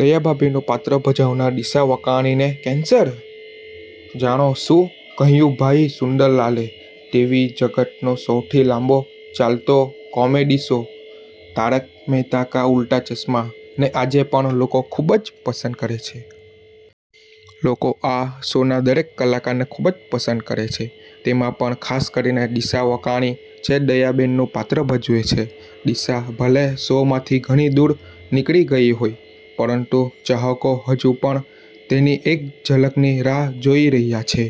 દયાભાભીનું પાત્ર ભજવનાર દિશા વકાણીને કેન્સર? જાણો શું કહ્યું ભાઈ સુંદર લાલે: ટીવી જગતનો સૌથી લાંબો ચાલતો કોમેડી શો 'તારક મહેતા કા ઉલ્ટા ચશ્મા' ને આજે પણ લોકો ખુબ જ પસંદ કરે છે. લોકો આ શોના દરેક કલાકારને ખૂબ જ પસંદ કરે છે. તેમાં પણ ખાસ કરીને દિશા વકાણી, જે દયાબેન નું પાત્ર ભજવે છે. દિશા ભલે શોમાંથી ઘણી દૂર નીકળી ગઈ હોય, પરંતુ ચાહકો હજુ પણ તેની એક ઝલકની રાહ જોઈ રહ્યા છે.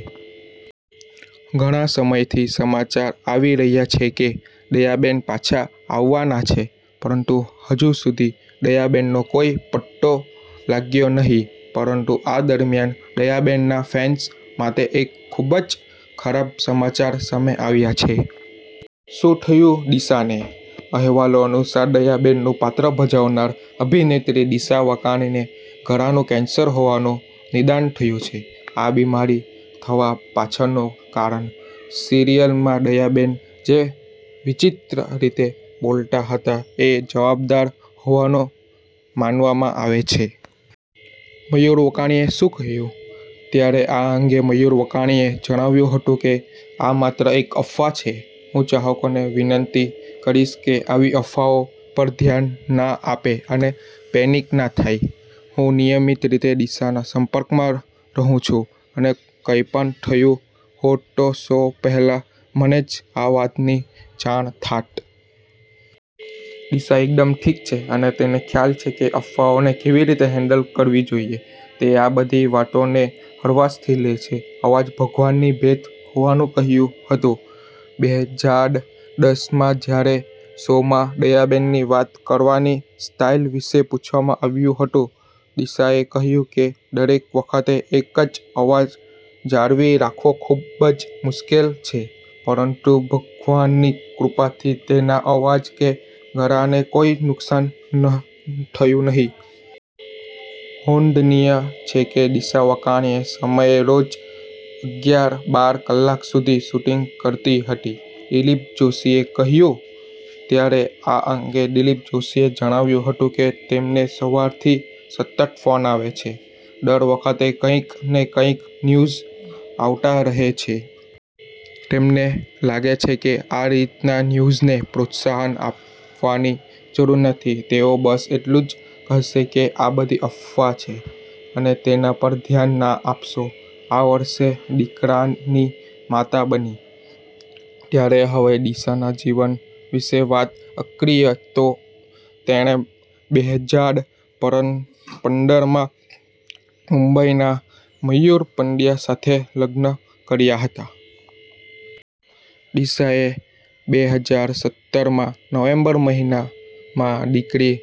ઘણા સમયથી સમાચાર આવી રહ્યા છે કે દયાબેન પાછા આવવાના છે પરંતુ હજુ સુધી દયાબેનનો કોઈ પત્તો લાગ્યો નહિ. પરંતુ આ દરમિયાન દયાબેનના ફેન્સ માટે એક ખૂબ જ ખરાબ સમાચાર સામે આવ્યા છે. શું થયું દિશાને? અહેવાલો અનુસાર, દયાબેનનું પાત્ર ભજવનાર અભિનેત્રી દિશા વકાણીને ગળાનું કેન્સર હોવાનું નિદાન થયું છે. આ બીમારી થવા પાછળનું કારણ સિરિયલમાં દયાબેન જે વિચિત્ર રીતે બોલતાં હતાં એ જવાબદાર હોવાનું માનવામાં આવે છે. મયૂર વકાણીએ શું કહ્યું? ત્યારે આ અંગે મયૂર વકાણીએ જણાવ્યું હતું કે, 'આ માત્ર એક અફવા છે. હું ચાહકોને વિનંતી કરીશ કે આવી અફવાઓ પર ધ્યાન ના આપે અને પેનિક ના થાય. હું નિયમિત રીતે દિશાના સંપર્કમાં રહું છું અને કંઈપણ થયું હોત તો સૌ પહેલા મને જ આ વાતની જાણ થાત. દિશા એકદમ ઠીક છે અને તેને ખ્યાલ છે કે અફવાઓને કેવી રીતે હેન્ડલ કરવી જોઈએ. તે આ બધી વાતોને હળવાશથી લે છે.' અવાજ ભગવાનની ભેટ હોવાનું કહ્યું હતું: બેહજાર દસ માં જ્યારે શોમાં દયાબેનની વાત કરવાની સ્ટાઈલ વિશે પૂછવામાં આવ્યું હતું દિશાએ કહ્યું કે, દરેક વખતે એક જ અવાજ જાળવી રાખવો ખૂબ જ મુશ્કેલ છે, પરંતુ ભગવાનની કૃપાથી તેના અવાજ કે ગળાને કોઈ નુકસાન ન થયું નહી. નોંધનીય છે કે દિશા વકાણી એ સમયે રોજ અગ્યાર-બાર કલાક સુધી શૂટિંગ કરતી હતી. દિલીપ જોષીએ કહ્યું? ત્યારે આ અંગે દિલીપ જોષીએ જણાવ્યું હતું કે, તેમને સવારથી સતત ફોન આવે છે. દર વખતે કંઈક ને કંઈક ન્યૂઝ આવતા રહે છે. તેમને લાગે છે કે આ રીતના ન્યૂઝ ને પ્રોત્સાહન આપવાની જરૂર નથી. તેઓ બસ એટલું જ કશે કે આ બધી અફવા છે .અને તેના પર ધ્યાન ના આપશો. આ વર્ષે દીકરાની માતા બની: ત્યારે હવે દિશાના જીવન વિશે વાત અક્રીઅ તો, તેણે બેહજાર પર પંદર માં મુંબઈના મયુર પડિયા સાથે લગ્ન કર્યા હતા. દિશાએ બેહજાર સત્તર માં નવેમ્બર મહિનામાં દીકરી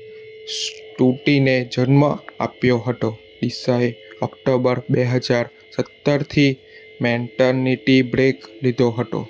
સ્તુતિને જન્મ આપ્યો હતો. દિશાએ ઓક્ટોબર, બેહજાર સત્તરથી મૅટરનિટી બ્રેક લીધો હતો.